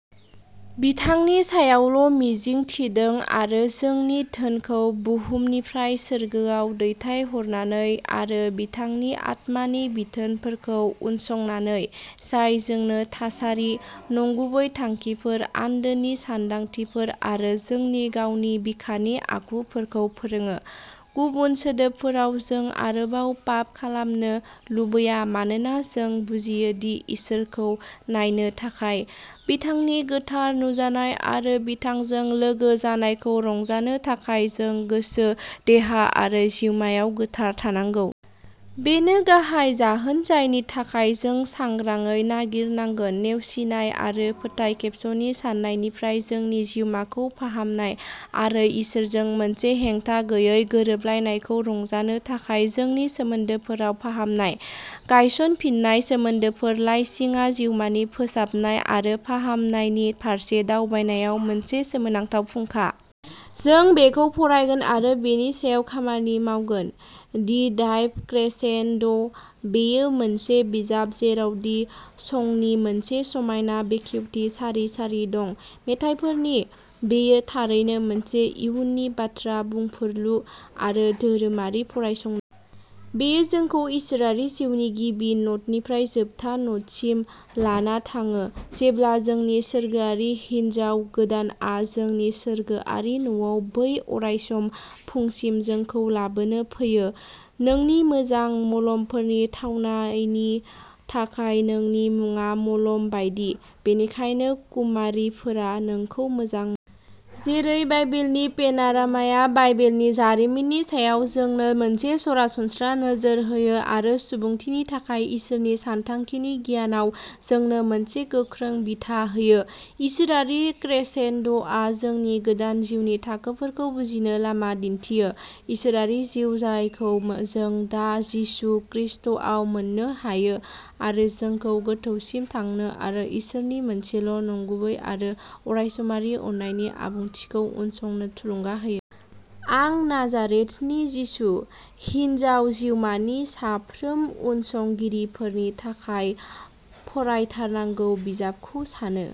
बिथांनि सायावल' मिजिं थिदों आरो जोंनि धोनखौ बुहुमनिफ्राय सोरगोआव दैथायहरनानै आरो बिथांनि आत्मानि बिथोनफोरखौ उनसंनानै, जाय जोंनो थासारि, नंगुबै थांखिफोर, आन्दोनि सानदांथिफोर आरो जोंनि गावनि बिखानि आखुफोरखौ फोरोङो, गुबुन सोदोबफोराव जों आरोबाव पाप खालामनो लुबैया मानोना जों बुजियो दि इसोरखौ नायनो थाखाय, बिथांनि गोथार नुजानाय आरो बिथांजों लोगो जानायखौ रंजानो थाखाय जों गोसो, देहा आरो जिउमायाव गोथार थानांगौ। बेनो गाहाय जाहोन जायनि थाखाय जों सांग्राङै नागिरनांगोन नेवसिनाय आरो फोथायखेबस'नि सानायनिफ्राय जोंनि जिउमाखौ फाहामनाय, आरो इसोरजों मोनसे हेंथा गैयै गोरोबलायनायखौ रंजानो थाखाय जोंनि सोमोन्दोफोराव फाहामनाय। गायसनफिननाय सोमोन्दोफोर लाइसिङा जिउमानि फोसाबनाय आरो फाहामनायनि फारसे दावबायनायाव मोनसे सोमोनांथाव फुंखा। जों बेखौ फरायगोन आरो बेनि सायाव खामानि मावगोन। दि डाइभ क्रेसेन्ड' बेयो मोनसे बिजाब जेराव दि संनि मोनसे समायना बेखेवथि सारि सारि दं। मेथाइफोरनि, बेयो थारैनो मोनसे इयुननि बाथ्रा बुंफोरलु आरो धोरोमारि फरायसंनाय। बेयो जोंखौ इसोरारि जिउनि गिबि न'टनिफ्राय जोबथा न'टसिम लाना थाङो, जेब्ला जोंनि सोरगोआरि हिन्जाव गोदानआ जोंनि सोरगोआरि न'आव बै अरायसम फुंसिम जोंखौ लाबोनो फैयो। "नोंनि मोजां मलमफोरनि थावनायनि थाखाय नोंनि मुङा मलम बायदि, बेनिखायनो कुमारीफोरा नोंखौ मोजां मोनो। जेरै बाइबेलनि पेन'रामाया बाइबेलनि जारिमिननि सायाव जोंनो मोनसे सरासनस्रा नोजोर होयो आरो सुबुंथिनि थाखाय इसोरनि सानथांखिनि गियानाव जोंनो मोनसे गोख्रों बिथा होयो, इसोरारि क्रेसेन्ड'आ जोंनि गोदान जिउनि थाखोफोरखौ बुजिनो लामा दिन्थियो, इसोरारि जिउ जायखौ जों दा जिसु खृष्टआव मोननो हायो, आरो जोंखौ गोथौसिम थांनो आरो इसोरनि मोनसेल' नंगुबै आरो अरायसमारि अननायनि आबुंथिखौ उनसंनो थुलुंगा होयो। आं नाजारेथनि जिसु, हिन्जाव जिउमानि साफ्रोम उनसंगिरिफोरनि थाखाय फरायथारनांगौ बिजाबखौ सानो।